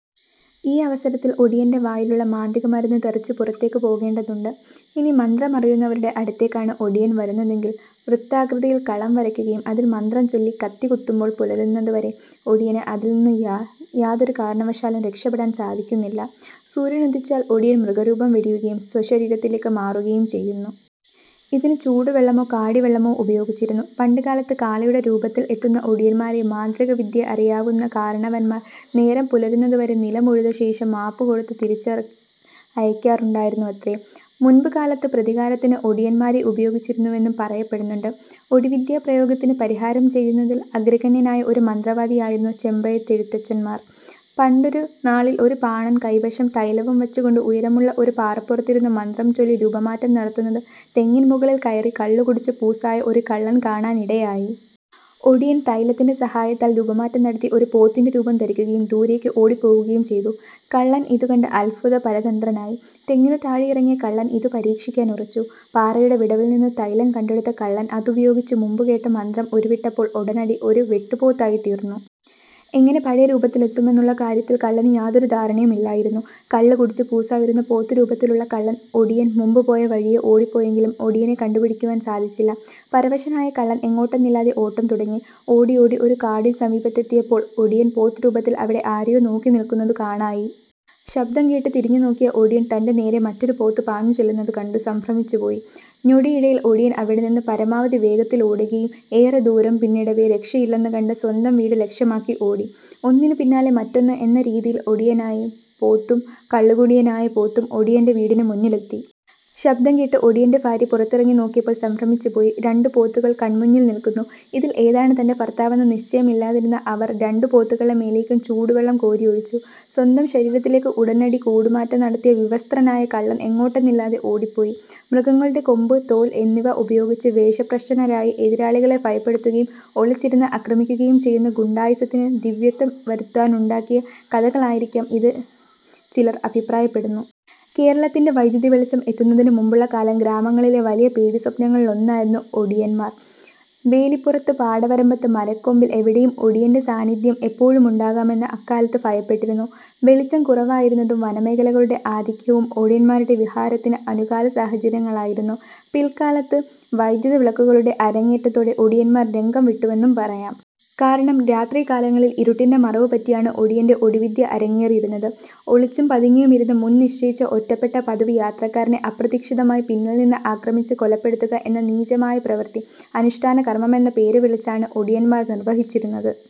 ഈ അവസരത്തിൽ ഒടിയന്റെ വായിലുള്ള മാന്തികമരുന്ന് തെറിച്ച് പുറത്തേയ്ക്കു പോകേണ്ടതുണ്ട്. ഇനി മന്ത്രമറിയുന്നവരുടെ അടുത്തേക്കാണ് ഒടിയൻ വരുന്നതെങ്കിൽ, വൃത്താകൃതിയിൽ കളം വരയുകയും അതിൽ മന്ത്രം ചൊല്ലി കത്തി കുത്തുമ്പോൾ പുലരുന്നത് വരെ ഒടിയന് അതിൽ നിന്നും യാതൊരു കാരണവശാലും രക്ഷപെടാൻ സാധിക്കുന്നില്ല. സൂര്യനുദിച്ചാൽ ഒടിയൻ മൃഗരൂപം വെടിയുകയും സ്വശരീരത്തിലേയ്ക്കു മാറുകയും ചെയ്യുന്നു. ഇതിന് ചൂടുവെള്ളമോ കാടിവെള്ളമോ ഉപയോഗിച്ചിരുന്നു. പണ്ടുകാലത്ത് കാളയുടെ രൂപത്തിൽ എത്തുന്ന ഒടിയൻമാരെ മാന്ത്രികവിദ്യറിയാവുന്ന കാരണവന്മാർ നേരം പുലരുന്നതുവരെ നിലം ഉഴുതശേഷം മാപ്പ് കൊടുത്തു തിരിച്ചയയ്ക്കാറുണ്ടായിരുന്നുവത്രേ. മുൻപ് കാലത്ത് പ്രതികാരത്തിന് ഒടിയൻമാരെ ഉപയോഗിച്ചിരുന്നുവെന്നും പറയപ്പെടുന്നുണ്ട്. ഒടിവിദ്യാ പ്രയോഗത്തിനു പരിഹാരം ചെയ്യുന്നതിൽ അഗ്രഗണ്യനായ ഒരു മന്ത്രവാദിയായിരുന്നു ചെമ്പ്രയെഴുത്തച്ഛന്മാർ. പണ്ടൊരു നാളിൽ ഒരു പാണൻ കൈവശം തൈലവും വച്ചുകൊണ്ട് ഉയരമുള്ള ഒരു പാറപ്പുറത്തിരുന്ന് മന്ത്രം ചൊല്ലി രൂപമാറ്റം നടത്തുന്നത് തെങ്ങിൻ മുകളിൽ കയറി കള്ളു കുടിച്ചു പൂസായ ഒരു കള്ളൻ കാണാനിടയായി. ഒടിയൻ, തൈലത്തിന്റെ സഹായത്താൽ രൂപമാറ്റം നടത്തി ഒരു പോത്തിന്റെ രൂപം ധരിക്കുകയും ദൂരേയ്ക്കു് ഓടിപ്പോകുകയും ചെയ്തു. കള്ളൻ ഇതുകണ്ട് അത്ഭുത പരതന്ത്രനായി. തെങ്ങിനു ത്ഴെയിറങ്ങിയ കള്ളൻ ഇതു പരീക്ഷിക്കാനുറച്ചു. പാറയുടെ വിടവിൽനിന്നു തൈലം കണ്ടെടുത്ത കള്ളൻ അതുപയോഗിച്ച് മുമ്പുകേട്ട മന്ത്രം ഉരുവിട്ടപ്പോൾ ഉടനടി ഒരു വെട്ടുപോത്തായിത്തീർന്നു. എങ്ങനെ പഴയ രൂപത്തിലെത്തുമെന്നുള്ള കാര്യത്തിൽ കള്ളനു യാതൊരു ധാരണയുമില്ലായിരുന്നു. കളളുകുടിച്ചു പൂസായിരുന്ന പോത്തു രൂപത്തിലുള്ള കള്ളൻ, ഒടിയൻ മുമ്പു പോയ വഴിയേ ഓടിപ്പോയെങ്കിലും ഒടിയനെ കണ്ടുപിടിക്കുവാൻ സാധിച്ചില്ല. പരവശനായ കള്ളൻ എങ്ങോട്ടെന്നില്ലാതെ ഓട്ടം തുടങ്ങി. ഓടിയോടി ഒരു കാടിനു സമീപമെത്തിയപ്പോൾ ഒടിയൻ പോത്തുരൂപത്തിൽ അവിടെ ആരെയോ നോക്കി നിൽക്കുന്നതു കാണായി. ശബ്ദം കേട്ടു തിരിഞ്ഞുനോക്കിയ ഒടിയൻ തന്റെ നേരേ മറ്റൊരു പോത്ത് പാഞ്ഞുചെല്ലുന്നതു കണ്ടു സംഭ്രമിച്ചുപോയി. ഞൊടിയിടയിൽ ഒടിയൻ അവിടെനിന്നു പരമാവധി വേഗത്തിലോടുകയും ഏറെ ദൂരം പിന്നിടവേ രക്ഷയില്ലെന്നു കണ്ട് സ്വന്തം വീടു ലക്ഷ്യമാക്കി ഓടി. ഒന്നിനു പിന്നാലെ മറ്റൊന്ന് എന്ന രീതിയിൽ ഒടിയനായ പോത്തും കള്ളുകുടിയനായ പോത്തും ഒടിയന്റെ വീടിനു മുന്നിലെത്തി. ശബ്ദം കേട്ട് ഒടിയന്റെ ഭാര്യ പുറത്തിറങ്ങി നോക്കിയപ്പോൾ സംഭ്രമിച്ചു പോയി. രണ്ടു പോത്തുകൾ കൺമുന്നിൽ നിൽക്കുന്നു. ഇതിൽ ഏതാണ് തന്റെ ഭർത്താവെന്നു നിശ്ചയമില്ലാതിരുന്ന അവർ രണ്ടു പോത്തുകളെ മേലേയ്ക്കും ചൂടുവെള്ളം കോരിയൊഴിച്ചു. സ്വന്തം ശരീരത്തിലേയ്ക്കു ഉടനടി കൂടുമാറ്റ നടത്തിയ വിവസ്ത്രനായ കള്ളൻ എങ്ങോട്ടെന്നില്ലാതെ ഓടിപ്പോയി. മൃഗങ്ങളുടെ കൊമ്പ്, തോൽ എന്നിവ ഉപയോഗിച്ച് വേഷപ്രശ്ചന്നരായി എതിരാളികളെ ഭയപ്പെടുത്തുകയും ഒളിച്ചിരുന്ന് ആക്രമിക്കുകയും ചെയ്യുന്ന ഗുണ്ടായിസത്തിന് ദിവ്യത്വം വരുത്താനുണ്ടാക്കിയ കഥകളായിരിക്കാം ഇത് ചിലർ അഭിപ്രായപ്പെടുന്നു. കേരളത്തിൽ വൈദ്യുതി വെളിച്ചം എത്തുന്നതിനു മുമ്പുള്ള കാലം ഗ്രാമങ്ങളിലെ വലിയ പേടിസ്വപ്നങ്ങളിലൊന്നായിരുന്നു ഒടിയന്മാർ. വേലിപ്പുറത്ത്, പാടവരമ്പത്ത്, മരക്കൊമ്പിൽ എവിടെയും ഒടിയന്റെ സാന്നിധ്യം എപ്പോഴുമുണ്ടാകാമെന്ന് അക്കാലത്ത് ഭയപ്പെട്ടിരുന്നു. വെളിച്ചം കുറവായിരുന്നതും വനമേഖലകളുടെ ആധിക്യവും ഒടിന്മാരുടെ വിഹാരത്തിന് അനുകാല സാഹചര്യങ്ങളായിരുന്നു. പിൽക്കാലത്ത് വൈദ്യുത വിളക്കുകളുടെ അരങ്ങേറ്റത്തോടെ ഒടിയന്മാർ രംഗം വിട്ടുവെന്നു പറയാം. കാരണം, രാത്രികാലങ്ങളിൽ ഇരുട്ടിന്റെ മറവു പറ്റിയാണ് ഒടിയന്റെ ഒടി വിദ്യ അരങ്ങേറിയിരുന്നത്. ഒളിച്ചും പതുങ്ങിയുമിരുന്ന് മുൻ നിശ്ചയിച്ച ഒറ്റപ്പെട്ട പതിവു യാത്രക്കാരനെ അപ്രതീക്ഷിതമായി പിന്നിൽ നിന്നും ആക്രമിച്ച് കൊലപ്പെടുത്തുക എന്ന നീചമായ പ്രവൃത്തി, അനുഷ്ഠാന കർമ്മമെന്ന പേരുവിളിച്ചാണ് ഒടിയൻമാർ നിർവ്വഹിച്ചിരുന്നത്.